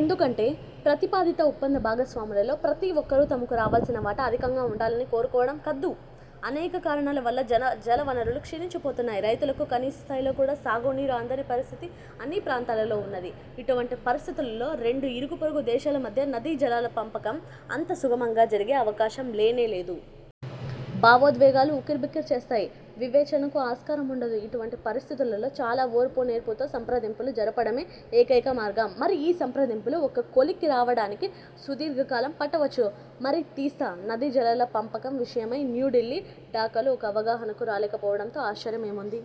ఎందుకంటే ప్రతిపాదిత ఒప్పంద భాగస్వాములలో ప్రతి ఒక్కరూ తమకు రావాల్సిన వాటా అధికంగా ఉండాలని కోరుకోవడం కద్దు. అనేక కారణాల వల్ల జలవనరులు క్షీణించిపోతున్నాయి. రైతులకు కనీసస్థాయిలో కూడా సాగునీరు అందని పరిస్థితి అన్నిప్రాంతాలలో ఉన్నది. ఇటువంటి పరిస్థితులలో రెండు ఇరుగుపొరుగు దేశాల మధ్య నదీజలాల పంపకం అంత సుగమంగా జరిగే అవకాశం లేనే లేదు. భావోద్వేగాలు ఉక్కిరిబిక్కిరి చేస్తాయి. వివేచనకు ఆస్కారముండదు. ఇటువంటి పరిస్థితులలో చాలా ఓర్పు, నేర్పుతో సంప్రదింపులు జరపడమే ఏకైక మార్గం. మరి ఈ సంప్రదింపులు ఒక కొలిక్కి రావడానికి సుదీర్ఘ కాలం పట్టవచ్చు. మరి తీస్తా నదీజలాల పంపకం విషయమై న్యూఢిల్లీ – ఢాకాలు ఒక అవగాహనకు రాలేకపోవడంలో ఆశ్చర్యమేముంది?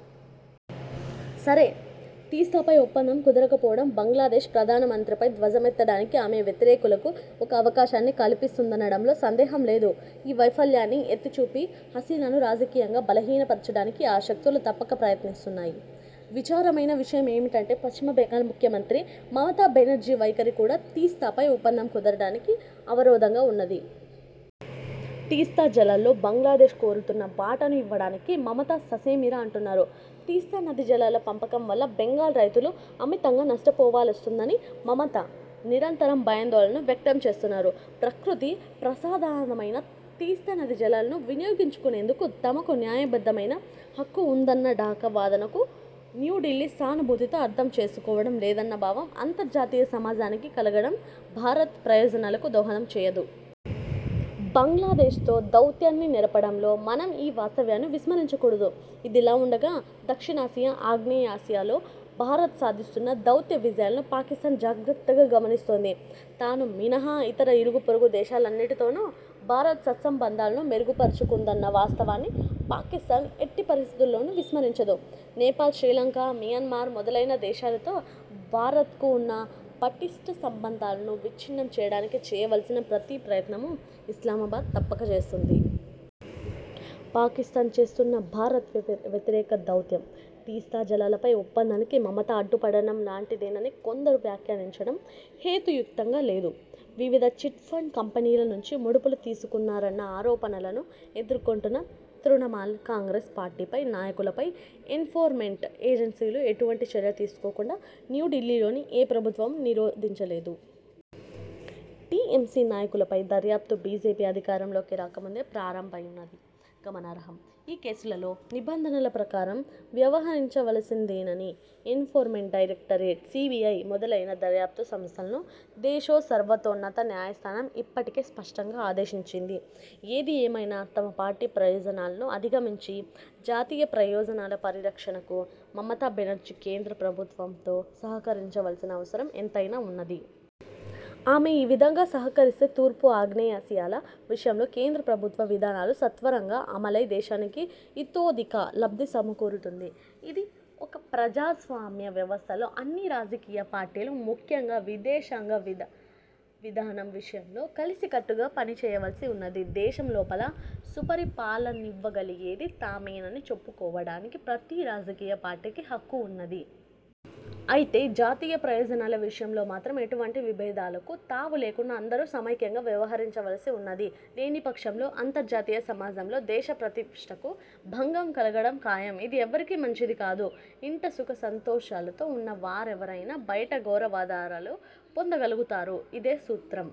సరే, తీస్తాపై ఒప్పందం కుదరకపోవడం బంగ్లాదేశ్ ప్రధానమంత్రిపై ధ్వజమెత్తడానికి ఆమె వ్యతిరేకులకు ఒక అవకాశాన్ని కల్పిస్తుందనడంలో సందేహం లేదు. ఈ వైఫల్యాన్ని ఎత్తిచూపి హసీనాను రాజకీయంగా బలహీనపరచడానికి ఆ శక్తులు తప్పక ప్రయత్నిస్తున్నాయి. విచారకరమైన విషయమేమిటంటే పశ్చిమ బెంగాల్ ముఖ్యమంత్రి మమతా బెనర్జీ వైఖరి కూడా తీస్తాపై ఒప్పందం కుదరడానికి అవరోధంగా వున్నది. తీస్తా జలాల్లో బంగ్లాదేశ్ కోరుతున్న వాటాను ఇవ్వడానికి మమత ససేమిరా అంటున్నారు. తీస్తా నదీ జలాల పంపకం వల్ల బెంగాల్ రైతులు అమితంగా నష్టపోవలసివస్తుందని మమత నిరంతరం భయాందోళనలు వ్యక్తంచేస్తున్నారు. ప్రకృతి ప్రసాదమైన తీస్తా నదీజలాలను వినియోగించుకొనేందుకు తమకూ న్యాయబద్ధమైన హక్కువుందన్న ఢాకా వాదనకు న్యూఢిల్లీ సానుభూతితో అర్థం చేసుకోవడం లేదన్న భావం అంతర్జాతీయ సమాజానికి కలగడం భారత్ ప్రయోజనాలకు దోహదం చేయదు. బంగ్లాదేశ్తో దౌత్యాన్ని నెరపడంలో మనం ఈ వాస్తవాన్ని విస్మరించకూడదు. ఇదిలావుండగా దక్షిణాసియా, ఆగ్నేయాసియాలో భారత్ సాధిస్తున్న దౌత్య విజయాలను పాకిస్థాన్ జాగ్రత్తగా గమనిస్తోంది. తాను మినహా, ఇతర ఇరుగుపొరుగు దేశాలన్నిటితోను భారత్ సత్సంబంధాలను మెరుగుపరచుకుందన్న వాస్తవాన్ని పాకిస్థాన్ ఎట్టి పరిస్థితులలోను విస్మరించదు. నేపాల్, శ్రీలంక, మియన్మార్ మొదలైన దేశాలతో భారత్కు వున్న పటిష్ఠ సంబంధాలను విచ్ఛిన్నం చేయడానికి చేయవలసిన ప్రతి ప్రయత్నమూ ఇస్లామాబాద్ తప్పకచేస్తుంది. పాకిస్థాన్ చేస్తున్న భారత్ వ్యతిరేక దౌత్యం, తీస్తాజలాలపై ఒప్పందానికి మమత అడ్డుపడడం లాంటిదేనని కొందరు వ్యాఖ్యానించడం హేతుయుక్తంగా లేదు. వివిధ చిట్ఫండ్ కంపెనీల నుంచి ముడుపులు తీసుకున్నారన్న ఆరోపణలను ఎదుర్కొంటున్న తృణమూల్ కాంగ్రెస్ పార్టీపై, నాయకులపై ఎన్ఫోర్స్మెంట్ ఏజెన్సీలు ఎటువంటి చర్య తీసుకోకుండా న్యూఢిల్లీలోని ఏ ప్రభుత్వమూ నిరోధించలేదు. టీఎంసీ నాయకులపై దర్యాప్తు బీజేపీ అధికారంలోకి రాకముందే ప్రారంభమయిందన్నది గమనార్హం. ఈ కేసులలో నిబంధనల ప్రకారం వ్యవహరించవలసిందేనని ఎన్ఫోర్స్మెంట్ డైరెక్టరేట్, సీబీఐ మొదలైన దర్యాప్తు సంస్థలను దేశసర్వోన్నత న్యాయస్థానం ఇప్పటికే స్పష్టంగా ఆదేశించింది. ఏదిఏమైనా తమ పార్టీ ప్రయోజనాలను అధిగమించి జాతీయ ప్రయోజనాల పరిరక్షణకు మమతాబెనర్జీ కేంద్ర ప్రభుత్వంతో సహకరించవలసిన అవసరం ఎంతైనా వున్నది. ఆమె ఈ విధంగా సహకరిస్తే తూర్పు, ఆగ్నేయాసియాల విషయంలో కేంద్రప్రభుత్వ విధానాలు సత్వరంగా అమలై దేశానికి ఇతోధిక లబ్ధి సమకూరుతుంది. ఒక ప్రజాస్వామ్య వ్యవస్థలో అన్ని రాజకీయపార్టీలూ ముఖ్యంగా విదేశాంగ విధానం విషయంలో కలసికట్టుగా పనిచేయవలసి వున్నది. దేశం లోపల సుపరిపాలననివ్వగలిగేది తామేనని చెప్పుకోవడానికి ప్రతి రాజకీయ పార్టీకి హక్కు వున్నది. అయితే జాతీయ ప్రయోజనాల విషయంలో మాత్రం ఎటువంటి విభేదాలకు తావు లేకుండా అందరూ సమైక్యంగా వ్యవహరించవలసి వున్నది. లేనిపక్షంలో అంతర్జాతీయ సమాజంలో దేశ ప్రతిష్ఠకు భంగం కలగడం ఖాయం. ఇది ఎవ్వరికీ మంచిది కాదు. ఇంట సుఖ సంతోషాలతో వున్న వారెవరైనా బయట గౌరవాదరాలు పొందగలుగుతారు. ఇదే సూత్రం